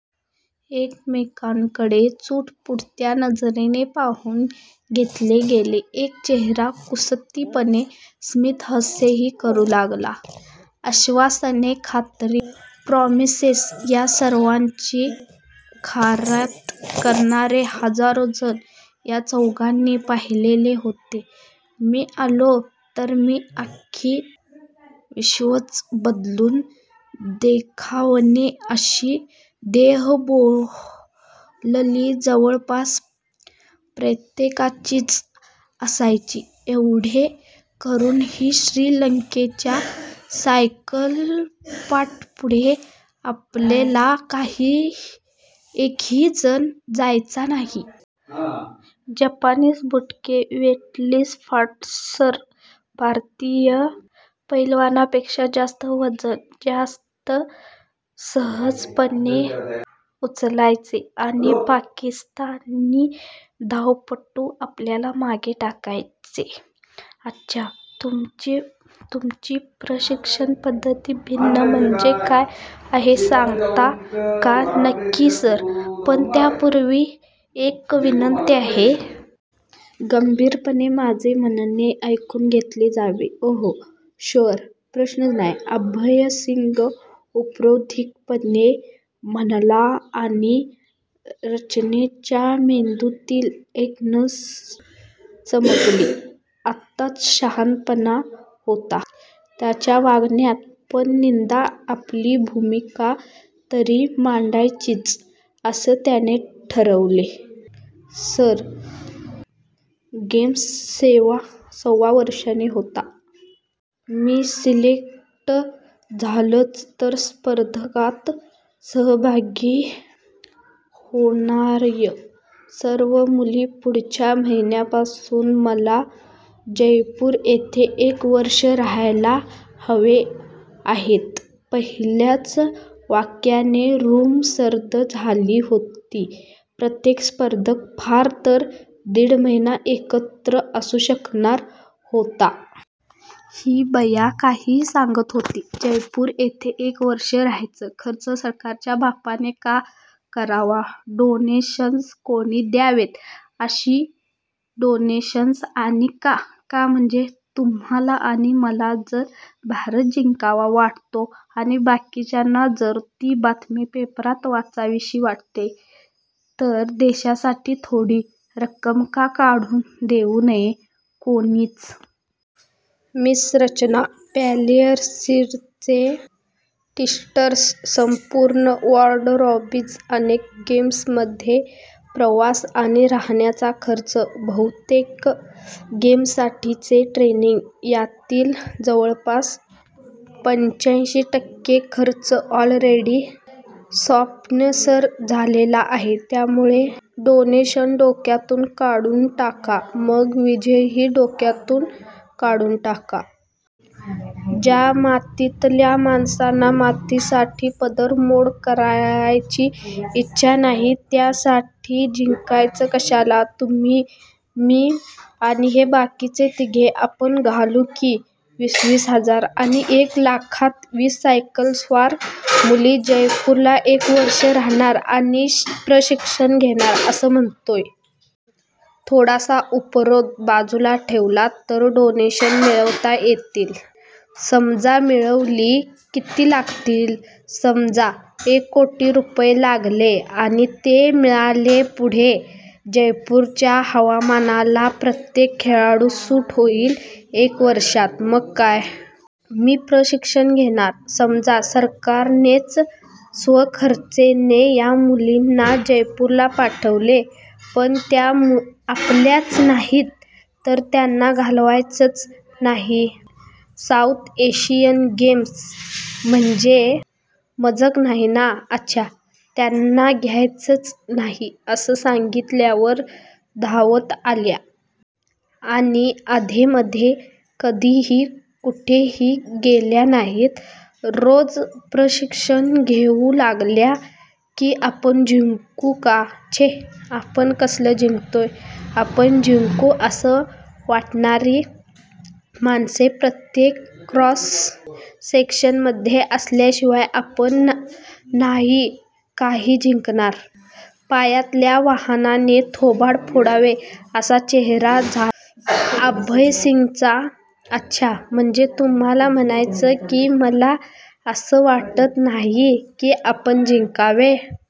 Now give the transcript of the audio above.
एकमेकांकडे चुटपुटत्या नजरेने पाहून घेतले गेले. एक चेहरा कुत्सितपणे स्मितहास्यही करू लागला. आश्वासने खात्री प्रॉमिसेस या सर्वांची खैरात करणारे हजारोजण या चौघांनी पाहिलेले होते. मी आलो तर मी अख्खे विश्वच बदलून दाखवेन अशी देहबोली जवळपास प्रत्येकाचीच असायची, एवढे करूनही श्रीलंकेच्या सायकलपटूंपुढे आपला एकहीजण जायचा नाही. जॅपनीज बुटके वेटलिफ्टर्स भारतीय पैलवानांपेक्षा जास्त वजन जास्त सहजपणे उचलायचे आणि पाकिस्तानी धावपटू आपल्याला मागे टाकायचे. "अच्छा, तुमची प्रशिक्षण पद्धती भिन्न म्हणजे काय आहे सांगता का? " "नक्की सर, पण त्यापूर्वी एक विनंती आहे." "गंभीरपणे माझे म्हणणे ऐकून घेतले जावे " "ओह शुअर, प्रश्नच नाही "। अभय सिंग उपरोधिकपणे म्हणाला आणि रचनाच्या मेंदूतील एक नस चमकली अतीच शहाणपणा होता. त्याच्या वागण्यात पण निदान आपली भूमिका तरी मांडायचीच असे तिने ठरवले "सर, गेम्स सव्वा वर्षांनी आहेत. मी सिलेक्ट झालेच, तर स्पर्धेत सहभागी होणार्या सर्व मुली पुढच्या महिन्यापासून मला जयपूर येथे एक वर्ष राहायला हव्या आहेत. " पहिल्याच वाक्याने रूम सर्द झाली होती. प्रत्येक स्पर्धक फार तर दिड महिना एकत्र असू शकणार होता. ही बया काहीही सांगत होती. जयपूर येथे एक वर्ष राहायचा खर्च सरकारच्या बापाने का करावा? "डोनेशन्स, कोणी द्यावीत अशी डोनेशन्स? आणि का? " "का म्हणजे? तुम्हाला आणि मला जर भारत जिंकावा वाटतो आणि बाकीच्यांना जर ती बातमी पेपरात वाचावीशी वाटते तर देशासाठी थोडी रक्कम का काढून देऊ नये कोणीच? " "मिस रचना. प्लेयर्सचे टीशर्ट्स. संपूर्ण वॉर्डरोब्ज अनेक गेम्समध्ये प्रवास आणि राहण्याचा खर्च बहुतेक गेम्ससाठीचे ट्रेनिंग यातील जवळपास पंच्याऐंशी टक्के खर्च ऑलरेडी स्पॉन्सर झालेला आहे. त्यामुळे डोनेशन्स डोक्यातून काढून टाका." "मग विजयही डोक्यातून काढून टाका. ज्या मातीतल्या माणसांना मातीसाठी पदरमोड करायची इच्छा नाही. त्यांच्यासाठी जिंकायचं कशाला? तुम्ही मी आणि हे बाकीचे तिघे. आपण घालू की वीस वीस हजार? " "आणि एक लाखात वीस सायकलस्वार मुली जयपूरला एक वर्ष राहणार आणि प्रशिक्षण घेणार असं म्हणताय? " "थोडासा उपरोध बाजूला ठेवलात तर डोनेशन्स मिळवता येतील. " "समजा मिळवली. किती लागतील. समजा एक कोटी रुपये लागले. आणि ते मिळाले, पुढे? " "जयपूरच्या हवामानाला प्रत्येक खेळाडू सूट होईल एक वर्षात. " "मग काय? मी प्रशिक्षण घेणार, " "समजा सरकारनेच स्वखर्चाने या मुलींना जयपूरला ठेवलं. पण त्या आल्याच नाहीत. " "तर त्यांना घ्यायचंच नाही. साऊथ एशियन गेम्स म्हणजे मजाक नाही ना? " "अच्छा, त्यांना घ्यायचंच नाही. असं सांगितल्यावर धावत आल्या. आणि अधेमधे कधीही कुठेही गेल्या नाहीत. रोज प्रशिक्षण घेऊ लागल्या. की आपण जिंकू का? " "छे, आपण कसले जिंकतोय. आपण जिंकू असे वाटणारी माणसे प्रत्येक क्रॉस सेक्शनमध्ये असल्याशिवाय आपण नाही काही जिंकणार" पायातल्या वहाणेने थोबाड फोडावे तसा चेहरा झाला अभय सिंगचा "अच्छा, म्हणजे तुम्हाला म्हणायचंय की मलाच असं वाटत नाहीये की आपण जिंकावं.